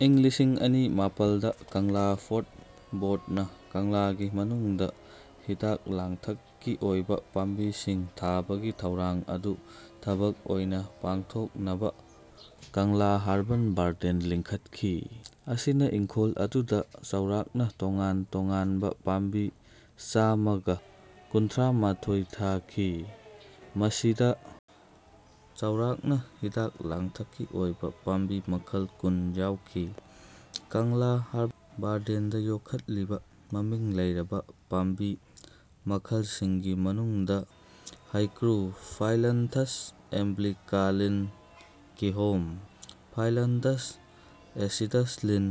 ꯏꯪ ꯂꯤꯁꯤꯡ ꯑꯅꯤ ꯃꯄꯜꯗ, ꯀꯪꯂꯥ ꯐꯣꯔꯠ ꯕꯣꯔꯗꯅ ꯀꯪꯂꯥꯒꯤ ꯃꯅꯨꯡꯗ ꯍꯤꯗꯥꯛ-ꯂꯥꯡꯊꯛꯀꯤ ꯑꯣꯏꯕ ꯄꯥꯝꯕꯤꯁꯤꯡ ꯊꯥꯕꯒꯤ ꯊꯧꯔꯥꯡ ꯑꯗꯨ ꯊꯕꯛ ꯑꯣꯏꯅ ꯄꯥꯡꯊꯣꯛꯅꯕ ꯀꯪꯂꯥ ꯍꯔꯕꯜ ꯒꯥꯔꯗꯦꯟ ꯂꯤꯡꯈꯠꯈꯤ꯫ ꯃꯁꯤꯅ ꯏꯪꯈꯣꯜ ꯑꯗꯨꯗ ꯆꯥꯎꯔꯥꯛꯅ ꯇꯣꯉꯥꯟ-ꯇꯣꯉꯥꯟꯕ ꯄꯥꯝꯕꯤ ꯆꯥꯃꯒ ꯀꯨꯟꯊ꯭ꯔꯥ ꯃꯥꯊꯣꯏ ꯊꯥꯈꯤ (ꯃꯁꯤꯗ ꯆꯥꯎꯔꯥꯛꯅ ꯍꯤꯗꯥꯛ-ꯂꯥꯡꯊꯛꯀꯤ ꯑꯣꯏꯕ ꯄꯥꯝꯕꯤ ꯃꯈꯜ ꯀꯨꯟ ꯌꯥꯎꯈꯤ)꯫ ꯀꯪꯂꯥ ꯍꯔꯕꯜ ꯒꯥꯔꯗꯦꯟꯗ ꯌꯣꯛꯈꯠꯂꯤꯕ ꯃꯃꯤꯡ ꯂꯩꯔꯕ ꯄꯥꯝꯕꯤ ꯃꯈꯜꯁꯤꯡꯒꯤ ꯃꯅꯨꯡꯗ "ꯍꯩꯀ꯭ꯔꯨ" (ꯐꯥꯏꯂꯟꯊꯁ ꯑꯦꯝꯕ꯭ꯂꯤꯀꯥ ꯂꯤꯟ) "ꯀꯤꯍꯣꯔꯤ" (ꯐꯥꯏꯂꯟꯊꯁ ꯑꯦꯁꯤꯗꯁ ꯂꯤꯟ),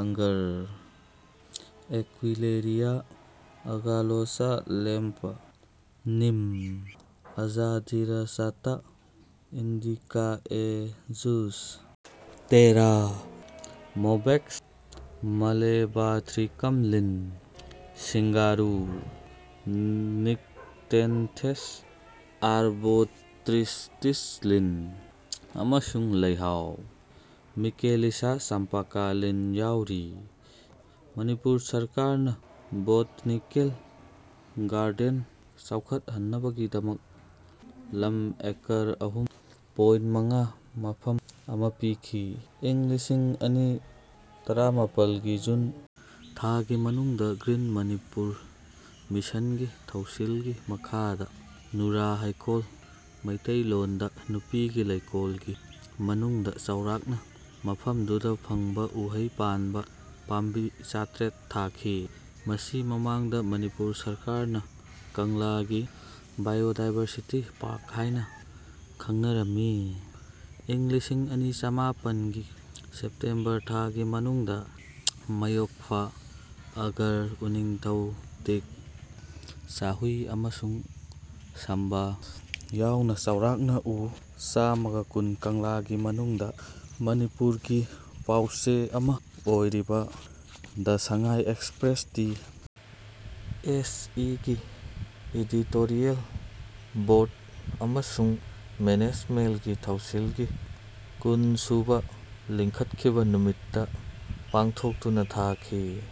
"ꯑꯒꯔ" (ꯑꯦꯀ꯭ꯋꯤꯂꯦꯔꯤꯌꯥ ꯑꯒꯥꯂꯣꯆꯥ ꯂꯦꯝ꯭ꯄ), "neem" (Azadirachta indica A Juss), "ꯇꯦꯔꯥ" (ꯃꯣꯕꯦꯛ꯭ꯁ ꯃꯂꯦꯕꯥꯊ꯭ꯔꯤꯀꯝ ꯂꯤꯟ), "ꯁꯤꯡꯒꯥꯔꯨ" (ꯅꯤꯛꯇꯦꯟꯊꯦꯁ ꯑꯥꯔꯕꯣꯇ꯭ꯔꯤꯁꯇꯤꯁ ꯂꯤꯟ), ꯑꯃꯁꯨꯡ "ꯂꯩꯍꯥꯎ" (ꯃꯤꯀꯦꯂꯤꯌꯥ ꯆꯝꯄꯥꯀꯥ ꯂꯤꯟ) ꯌꯥꯎꯔꯤ꯫ ꯃꯅꯤꯄꯨꯔ ꯁꯔꯀꯥꯔꯅ ꯕꯣꯇꯥꯅꯤꯀꯦꯜ ꯒꯥꯔꯗꯦꯟ ꯆꯥꯎꯈꯠꯍꯟꯅꯕꯒꯤꯗꯃꯛ ꯂꯝ ꯑꯦꯀꯔ ꯑꯍꯨꯝ ꯄꯣꯏꯟ ꯃꯉꯥ ꯃꯐꯝ ꯑꯃ ꯄꯤꯈꯤ꯫ ꯏꯪ ꯂꯤꯁꯤꯡ ꯑꯅꯤ ꯇꯔꯥꯃꯥꯄꯜ ꯒꯤ ꯖꯨꯟ ꯊꯥꯒꯤ ꯃꯅꯨꯡꯗ ꯒ꯭ꯔꯤꯟ ꯃꯅꯤꯄꯨꯔ ꯃꯤꯁꯟꯒꯤ ꯊꯧꯁꯤꯜꯒꯤ ꯃꯈꯥꯗ ꯅꯨꯔꯥ ꯍꯩꯀꯣꯜ (ꯃꯩꯇꯩ ꯂꯣꯟꯗ "ꯅꯨꯄꯤꯒꯤ ꯍꯩꯀꯣꯜ") ꯒꯤ ꯃꯅꯨꯡꯗ ꯆꯥꯎꯔꯥꯛꯅ ꯃꯐꯝꯗꯨꯗ ꯐꯪꯕ ꯎꯍꯩ ꯄꯥꯟꯕ ꯄꯥꯝꯕꯤ ꯆꯥꯇ꯭ꯔꯦꯠ ꯊꯥꯈꯤ, ꯃꯁꯤ ꯃꯃꯥꯡꯗ ꯃꯅꯤꯄꯨꯔ ꯁꯔꯀꯥꯔꯅ ꯀꯪꯂꯥꯒꯤ "ꯕꯥꯌꯣꯗꯥꯏꯚꯔꯁꯤꯇꯤ ꯄꯥꯔ꯭ꯛ" ꯍꯥꯏꯅ ꯈꯡꯅꯔꯝꯃꯤ꯫ ꯏꯪ ꯂꯤꯁꯤꯡ ꯑꯅꯤ ꯆꯃꯥꯄꯟ ꯒꯤ ꯁꯦꯞꯇꯦꯝꯕꯔ ꯊꯥꯒꯤ ꯃꯅꯨꯡꯗ ꯃꯌꯣꯛꯐꯥ, ꯑꯒꯔ, ꯎꯅꯤꯡꯊꯧ, ꯇꯤꯛ, ꯆꯥꯍꯨꯏ ꯑꯃꯁꯨꯡ ꯁꯥꯝꯕꯥ ꯌꯥꯎꯅ ꯆꯥꯎꯔꯥꯛꯅ ꯎ ꯆꯥꯃꯒ ꯀꯨꯟ ꯀꯪꯂꯥꯒꯤ ꯃꯅꯨꯡꯗ ꯃꯅꯤꯄꯨꯔꯒꯤ ꯄꯥꯎꯆꯦ ꯑꯃ ꯑꯣꯏꯔꯤꯕ "the Sangai Express" (T. S. E.) ꯒꯤ ꯏꯗꯤꯇꯣꯔꯤꯌꯦꯜ ꯕꯣꯔ꯭ꯗ ꯑꯃꯁꯨꯡ ꯃꯦꯅꯦꯖꯃꯦꯟ꯭ꯇꯒꯤ ꯊꯧꯁꯤꯜꯒꯤ ꯀꯨꯟ ꯁꯨꯕ ꯂꯤꯡꯈꯠꯈꯤꯕ ꯅꯨꯃꯤꯠꯇ ꯄꯥꯡꯊꯣꯛꯇꯨꯅ ꯊꯥꯈꯤ꯫